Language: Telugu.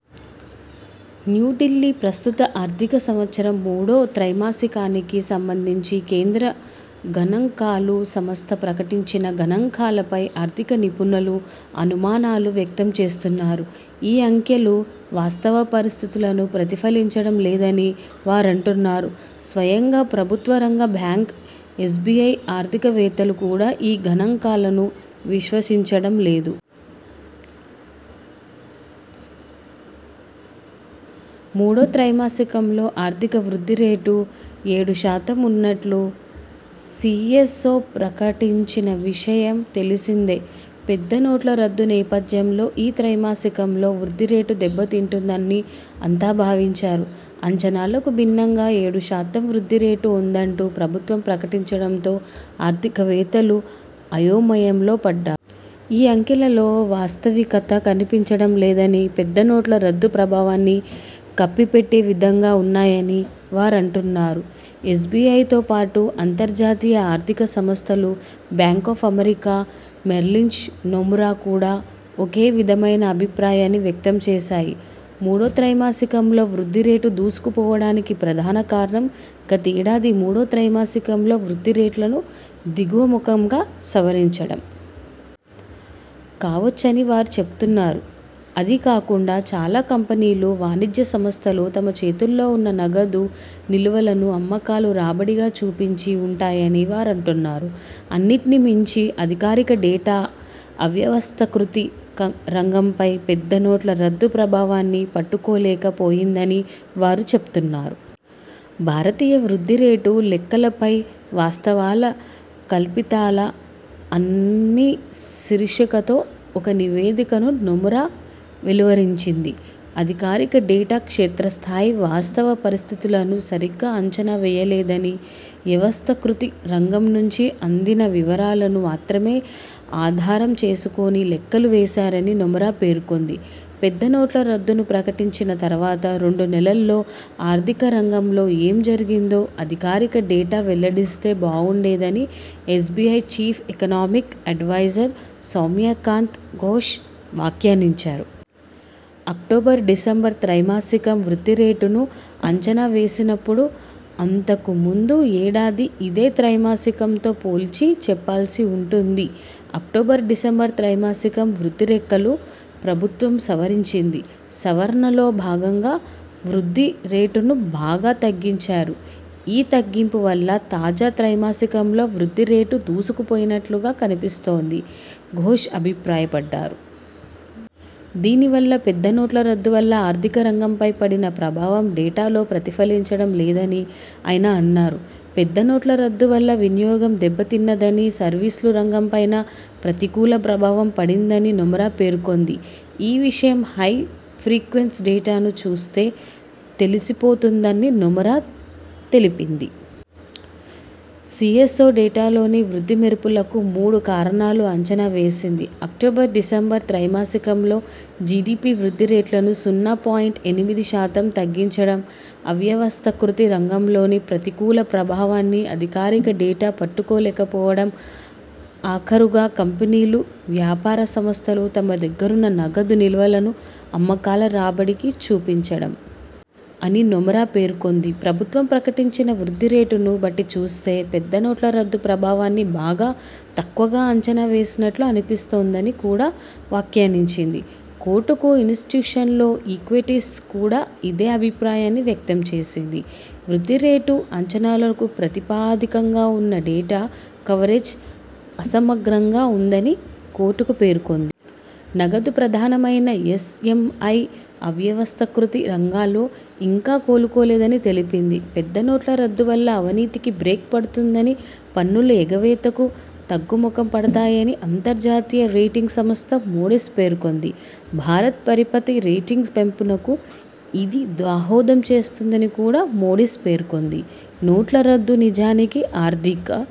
న్యూఢిల్లీ ప్రస్తుత ఆర్థిక సంవత్సరం మూడో త్రైమాసికానికి సంబంధించి కేంద్ర గణాంకాల సంస్థ ప్రకటించిన గణాంకాలపై ఆర్థిక నిపుణులు అనుమానాలు వ్యక్తం చేస్తున్నారు. ఈ అంకెలు వాస్తవ పరిస్థితులను ప్రతిఫలించడం లేదని వారంటున్నారు. స్వయంగా ప్రభుత్వ రంగ బ్యాంకు ఎస్బిఐ ఆర్థికవేత్తలు కూడా ఈ గణాంకాలను విశ్వసించడం లేదు. మూడో త్రైమాసికంలో ఆర్థిక వృద్ధి రేటు ఏడు శాతం ఉన్నట్టు సి ఎస్ ఒ ప్రకటించిన విషయం తెలిసిందే. పెద్ద నోట్ల రద్దు నేపథ్యంలో ఈ త్రైమాసికంలో వృద్ధి రేటు దెబ్బతింటుందని అంతా భావించారు. అంచనాలకు భిన్నంగా ఏడు శాతం వృద్ధి రేటు ఉందంటూ ప్రభుత్వం ప్రకటించడంతో ఆర్థికవేత్తలు అయోమయంలో పడ్డారు. ఈ అంకెల్లో వాస్తవికత కనిపించడంలేదని, పెద్ద నోట్ల రద్దు ప్రభావాన్ని కప్పిపెట్టే విధంగా ఉన్నాయని వారు అంటున్నారు. ఎస్బిఐతో పాటు అంతర్జాతీయ ఆర్థిక సంస్థలు Bank of America Merrill Lynch, Nomura కూడా ఒకే విధమైన అభిప్రాయాన్ని వ్యక్తం చేశాయి. మూడో త్రైమాసికంలో వృద్ధి రేటు దూసుకుపోవడానికి ప్రధాన కారణం, గతేడాది మూడో త్రైమాసికంలో వృద్ధి రేటును దిగువముఖంగా సవరించడం.. కావచ్చని వారు చెబుతున్నారు. అదీకాకుండా చాలా కంపెనీలు, వాణిజ్య సంస్థలు తమ చేతుల్లో ఉన్న నగదు నిల్వలను అమ్మకాల రాబడిగా చూపించి ఉంటాయని వారు అంటున్నారు. అన్నింటినీ మించి అధికారిక డేటా, అవ్యవస్థీకృత రంగంపై పెద్ద నోట్ల రద్దు ప్రభావాన్ని పట్టుకోలేక పోయిందని వారు చెబుతున్నారు. భారత వృద్ధి రేటు లెక్కలపై ''వాస్తవాలా, కల్పితాలా'' అన్న శీర్షికతో ఒక నివేదికను నొమురా వెలువరించింది. అధికారిక డేటా క్షేత్రస్థాయి వాస్తవ పరిస్థితులను సరిగా అంచనా వేయలేదనీ, వ్యవస్థీకృత రంగం నుంచి అందిన వివరాలను మాత్రమే ఆధారం చేసుకొని లెక్కలు వేశారని నొమురా పేర్కొంది. పెద్ద నోట్ల రద్దును ప్రకటించిన తర్వాత రెండు నెలల్లో ఆర్థిక రంగంలో ఏ జరిగిందో, అధికారిక డేటా వెల్లడిస్తే బాగుండేదని SBI chief economic adviser Soumya Kanti Ghosh వ్యాఖ్యానించారు. అక్టోబర్-డిసెంబర్ త్రైమాసికం వృద్ధి రేటును అంచనా వేసేప్పుడు అంతకు ముందు ఏడాది ఇదే త్రైమాసికంతో పోల్చి చెప్పాల్సి ఉం టుంది. అక్టోబర్-డిసెంబర్ త్రైమాసికం వృద్ధి లెక్కలను ప్రభుత్వం సవరించింది. సవరణలో భాగం గా వృద్ధి రేటును బాగా తగ్గించారు. ఈ తగ్గింపు వల్ల తాజా త్రైమాసికంలో వృద్ధి రేటు దూసుకుపోయినట్టుగా కనిపిస్తోందని ఘోష్ అభిప్రాయపడ్డారు. దీనివల్ల పెద్ద నోట్ల రద్దు వల్ల ఆర్థిక రంగంపై పడిన ప్రభావం డేటా లో ప్రతిఫలించడం లేదని ఆయన అన్నారు. పెద్ద నోట్ల రద్దు వల్ల వినియోగం దెబ్బతిన్నదని, సర్వీసుల రంగం పైనా ప్రతికూల ప్రభావం పడిందని నొమురా పేర్కొంది. ఈ విషయం హై ఫ్రీక్వెన్సీ డేటాను చూస్తే తెలిసిపోతుందని నొమురా తెలిపింది. సిఎ్సఒ డేటాలోని వృద్ధి మెరుపులకు మూడు కారణాలను అంచనా వేసింది. అక్టోబర్-డిసెంబర్ త్రైమాసికంలో జిడిపి వృద్ధి రేటును సున్నా పాయింట్ ఎనిమిది శాతం తగ్గించడం, అవ్యవస్థీకృత రంగంలోని ప్రతికూల ప్రభావాన్ని అధికారిక డేటా పట్టుకోలేక పోవడం ఆఖరుగా కంపెనీలు, వ్యాపార సంస్థలు తమ దగ్గరున్న నగదు నిల్వలను అమ్మకాల రాబడికి చూపించడం.. అని నొమురా పేర్కొంది. ప్రభుత్వం ప్రకటించిన వృద్ధి రేటును బట్టిచూస్తే, పెద్ద నోట్ల రద్దు ప్రభావాన్ని బాగా తక్కువగా అంచనా వేసినట్టు అనిపిస్తోందని కూడా వ్యాఖ్యానించింది. కోటక్ ఇనిస్టిట్యూషనల్ ఈక్విటీస్ కూడా ఇదే అభిప్రాయాన్ని వ్యక్తం చేసింది. వృద్ధి రేటు అంచనాలను ప్రాతిపదికగా ఉన్న డేటా కవరేజ్ అసమగ్రంగా ఉందని కోటక్ పేర్కొంది. నగదు ప్రధానమైన ఎస్ ఎం ఇ, అవ్యవస్థీకృత రంగాలు ఇంకా కోలుకోలేదని తెలిపింది. పెద్ద నోట్ల రద్దు వల్ల అవినీతికి బ్రేక్ పడుతుందని, పన్నుల ఎగవేతలు తగ్గుముఖం పడతాయని అంతర్జాతీయ రేటింగ్ సంస్ధ మూడీస్ పేర్కొంది. భారత పరపతి రేటింగ్ పెంపునకు ఇది దోహదం చేస్తుందని కూడా మూడీస్ పేర్కొంది. నోట్ల రద్దు నిజానికి ఆర్థిక